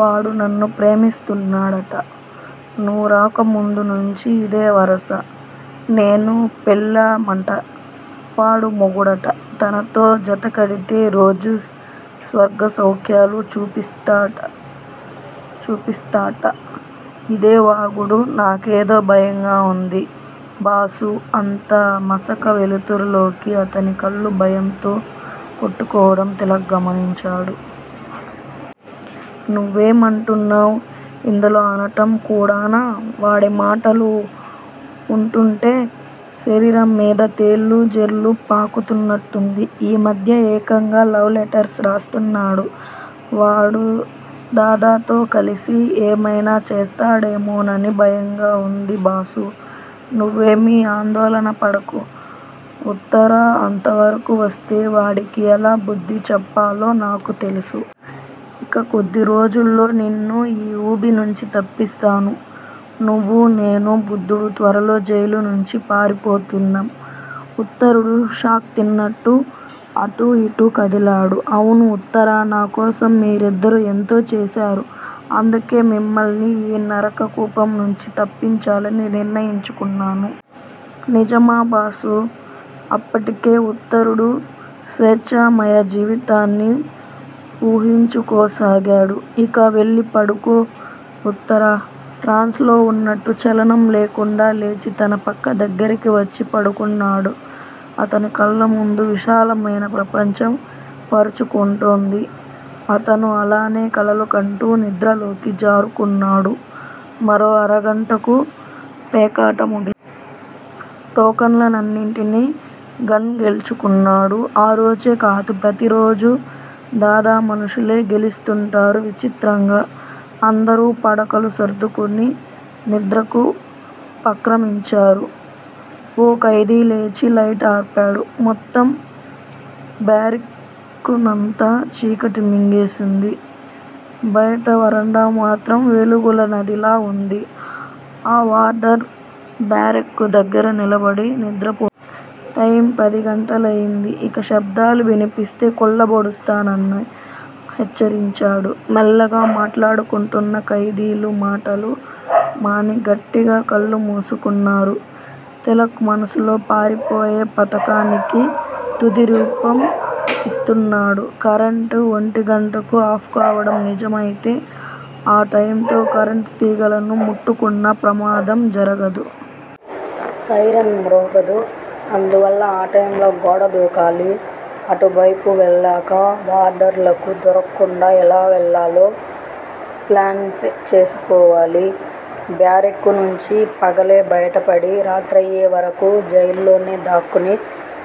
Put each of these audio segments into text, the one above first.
వాడు నన్ను ప్రేమిస్తున్నాడట. నువు రాక ముందు నుంచీ ఇదే వరస. నేను పెళ్ళామంట, వాడు మొగుడట. తనతో జతకడితే రోజూ స్వర్గసౌఖ్యాలు చూపిస్తాట. ఇదే వాగుడు. నాకేదో భయంగా వుంది బాసూ అంత మసక వెలుతురులోకి అతని కళ్ళు భయంతో కొట్టుకోవడం తిలక్ గమనించాడు. నువ్వేమంటున్నావ్? ఇందులో అనటం కూడానా! వాడి మాటలు వుంటుంటే శరీరం మీద తేళ్ళూ జెర్లూ పాకుతున్నట్టుంది. ఈ మధ్య ఏకంగా లవ్ లెటర్స్ రాస్తున్నాడు. వాడు దాదాతో కలిసి ఏమైనా చేస్తాడేమోనని భయంగా వుంది బాసూ. నువ్వేమీ ఆందోళనపడకు ఉత్తరా, అంతవరకూ వస్తే వాడికి ఎలా బుద్ధి చెప్పాలో నాకు తెలుసు. ఇక కొద్ది రోజుల్లో నిన్ను ఈ ఊబినుంచి తప్పిస్తాను. నువ్వూ, నేను, బుద్ధుడు త్వరలో జైలునుంచి పారిపోతున్నాం. ఉత్తరుడు షాక్ తిన్నట్టు అటూ ఇటూ కదిలాడు. అవును ఉత్తరా. నాకోసం మీరిద్దరూ ఎంతో చేశారు. అందుకే మిమ్మల్ని ఈ నరక కూపం నుంచి తప్పించాలని నిర్ణయించుకున్నాను. నిజమా బాసూ అప్పటికే ఉత్తరుడు స్వేచ్ఛామయ జీవితాన్ని వూహించుకోసాగాడు. ఇక వెళ్ళిపడుకో ఉత్తరా ట్రాన్స్ లో వున్నట్టు చలనం లేకుండా లేచి తన పక్క దగ్గరికి వచ్చి పడుకున్నాడు. అతని కళ్ళముందు విశాలమైన ప్రపంచం పరుచుకుంటోంది. అతను అలానే కలలు కంటూ నిద్రలోకి జారుకున్నాడు. మరో అరగంటకు పేకాట ముగిసింది. టోకన్లనన్నిటినీ గన్ గెలుచుకున్నాడు. ఆరోజే కాదు ప్రతిరోజూ దాదా మనుషులే గెలుస్తుంటారు విచిత్రంగా. అందరూ పడకలు సర్దుకుని నిద్రకుపక్రమించారు. ఓ ఖైదీలేచి లైట్ ఆర్పాడు. మొత్తం బ్యారెక్కునంతా చీకటి మింగేసింది. బయట వరండా మాత్రం వెలుగుల నదిలా వుంది. ఆ వార్డర్ బ్యారెక్కు దగ్గర నిలబడి నిద్రపో టైమ్ పదిగంటలయింది. ఇక శబ్దాలు వినిపిస్తే కుళ్ళబొడుస్తాను అని హెచ్చరించాడు. మెల్లగా మాట్లాడుకుంటున్న ఖైదీలు మాటలు మాని గట్టిగా కళ్ళు మూసుకున్నారు. తిలక్ మనసులో పారిపోయే పథకానికి తుదిరూపం యిస్తున్నాడు. కరెంట్ ఒంటిగంటకు ఆఫ్ కావడం నిజమైతే ఆ టైమ్ తో కరెంట్ తీగలను ముట్టుకున్నా ప్రమాదం జరగదు. సైరన్ మ్రోగదు. అందువల్ల ఆ టైమ్ లో గోడదూకాలి. అటువైపు వెళ్ళాక వార్డర్లకు దొరక్కుండా ఎలా వెళ్ళాలో ప్లాన్ చేసుకోవాలి. బ్యారెక్కు నుంచి పగలే బయటపడి, రాత్రయ్యేవరకు జైల్లోనే దాక్కుని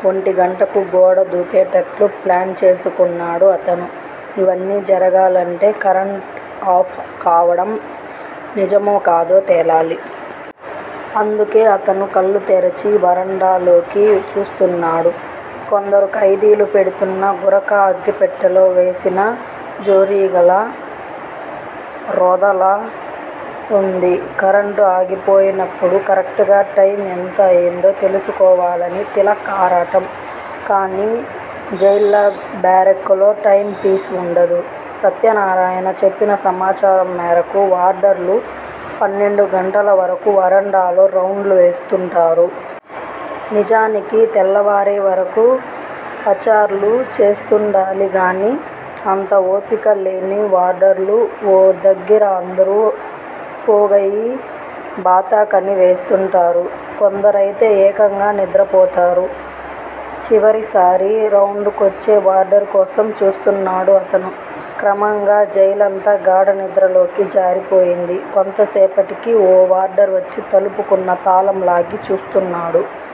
ఒంటిగంటకు గోడ దూకేటట్లు ప్లాన్ చేసుకున్నాడు అతను. ఇవన్నీ జరగాలంటే కరెంట్ ఆఫ్ కావడం నిజమోకాదో తేలాలి. అందుకే అతను కళ్ళు తెరిచి వరండాలోకి చూస్తున్నాడు. కొందరు ఖైదీలు పెడుతున్న గురక అగ్గిపెట్టెలో వేసిన జోరీగల రొదలా వుంది. కరెంట్ ఆగిపోయినప్పుడు కరెక్టుగా టైమ్ ఎంత అయిందో తెలుసుకోవాలని తిలక్ ఆరాటం. కానీ జైళ్ళ బ్యారెక్కుల్లో టైమ్ పీస్ వుండదు. సత్యనారాయణ చెప్పిన సమాచారం మేరకు వార్డర్లు పన్నెండు గంటల వరకు వరండాలో రౌండ్లు వేస్తుంటారు. నిజానికి తెల్లవారే వరకూ పచార్లు చేస్తుండాలిగాని అంత ఓపికల్లేని వార్డర్లు ఓ దగ్గిర అందరూ పోగయి బాతాఖానీ వేస్తుంటారు. కొందరైతే ఏకంగా నిద్రపోతారు. చివరిసారి రౌండ్ కొచ్చే వార్డర్ కోసం చూస్తున్నాడు అతను. క్రమంగా జైలంతా గాఢనిద్రలోకి జారిపోయింది. కొంతసేపటికి ఓ వార్డర్ వచ్చి తలుపుకున్న తాళం లాగి చూస్తున్నాడు.